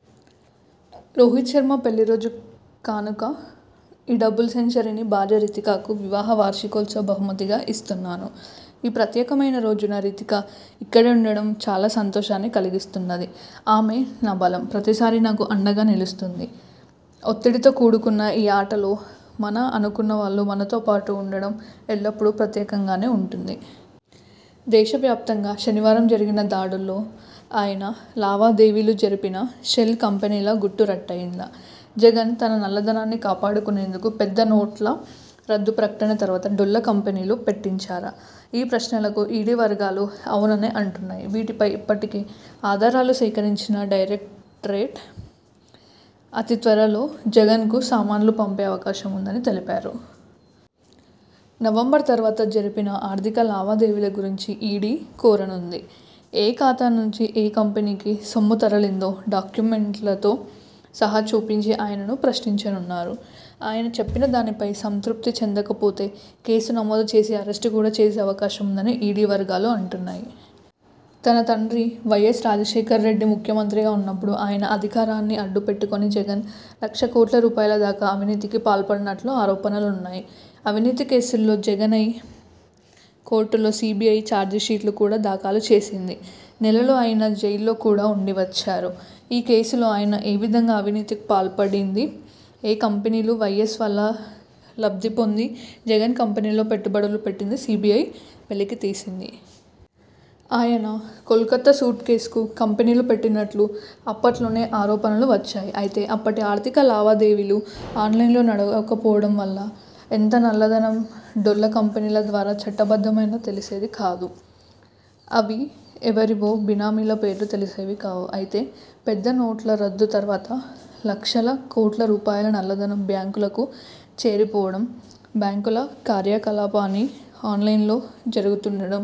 - రోహిత్ శర్మ పెళ్లి రోజు కానుక ఈ డబుల్ సెంచరీని భార్య రితికకు వివాహ వార్షికోత్సవ బహుమతిగా ఇస్తున్నాను. ఈ ప్రత్యేకమైన రోజున రితిక ఇక్కడే ఉండడం చాలా సంతోషాన్ని కలిగిస్తున్నది. ఆమే నా బలం. ప్రతిసారీ నాకు అండగా నిలుస్తుంది. ఒత్తిడితో కూడుకున్న ఈ ఆటలో మన అనుకున్నవాళ్లు మనతో పాటు ఉండడం ఎల్లప్పుడూ ప్రత్యేకంగానే ఉంటుంది. దేశవ్యాప్తంగా శనివారం జరిగిన దాడుల్లో ఆయన లావాదేవీలు జరిపిన షెల్ కంపెనీల గుట్టు రట్టయిందా? జగన్ తన నల్లధనాన్ని కాపాడుకునేందుకు పెద్ద నోట్ల రద్దు ప్రకటన తర్వాత డొల్ల కంపెనీలు పెట్టించారా? ఈ ప్రశ్నలకు ఈడీ వర్గాలు అవుననే అంటున్నాయి. వీటిపై ఇప్పటికే ఆధారాలు సేకరించిన డైరెక్టరేట్ అతిత్వరలో జగన్కు సమన్లు పంపే అవకాశం ఉందని తెలిపాయి. నవంబరు తర్వాత జరిపిన ఆర్థిక లావాదేవీల గురించి ఈడీ కోరనుంది. ఏ ఖాతా నుంచి ఏ కంపెనీకి సొమ్ము తరలిందో డాక్యుమెంట్లతో సహా చూపించి ఆయన్ను ప్రశ్నించనున్నారు. ఆయన చెప్పిన దానిపై సంతృప్తి చెందకపోతే కేసు నమోదు చేసి అరెస్టు కూడా చేసే అవకాశముందని ఈడీ వర్గాలు అంటున్నాయి. తన తండ్రి వైఎస్ రాజశేఖర్రెడ్డి ముఖ్యమంత్రిగా ఉన్నప్పుడు ఆయన అధికారాన్ని అడ్డుపెట్టుకుని జగన్ లక్ష కోట్ల రూపాయల దాకా అవినీతికి పాల్పడినట్లు ఆరోపణలున్నాయి. అవినీతి కేసుల్లో జగన్పై కోర్టులో సీబీఐ చార్జిషీట్లు కూడా దాఖలు చేసింది. నెలలు ఆయన జైలులో కూడా ఉండివచ్చారు. ఈ కేసుల్లో ఆయన ఏ విధంగా అవినీతికి పాల్పడింది ఏ కంపెనీలు వైఎస్ వల్ల లబ్ధి పొంది జగన్ కంపెనీల్లో పెట్టుబడులు పెట్టిందీ సీబీఐ వెలికి తీసింది. ఆయన కోల్కతా సూట్కేసు కంపెనీలు పెట్టినట్లు అప్పట్లోనే ఆరోపణలు వచ్చాయి. అయితే అప్పటి ఆర్థిక లావాదేవీలు ఆన్లైన్లో నడవకపోవడం వల్ల ఎంత నల్లధనం డొల్ల కంపెనీల ద్వారా చట్టబద్ధమైనా తెలిసేది కాదు. అవి ఎవరివో బినామీల పేర్లు తెలిసేవి కావు. అయితే పెద్ద నోట్ల రద్దు తర్వాత లక్షల కోట్ల రూపాయల నల్లధనం బ్యాంకులకు చేరిపోవడం, బ్యాంకుల కార్యకలాపాలన్నీ ఆన్లైన్లోనే జరుగుతుండడం,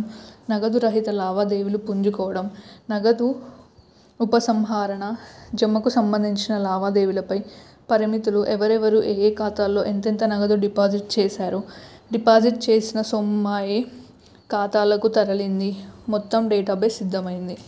నగదు రహిత లావాదేవీలు పుంజుకోవడం, నగదు ఉపసంహరణ, జమకు సంబంధించిన లావాదేవీలపై పరిమితులు, ఎవరెవరు ఏయే ఖాతాల్లో ఎంతెంత నగదు డిపాట్ చేశారు డిపాజిట్ చేసిన సొమ్ము ఏయే ఖాతాలకు తరలింది మొత్తం డేటాబేస్ సిద్ధమైంది.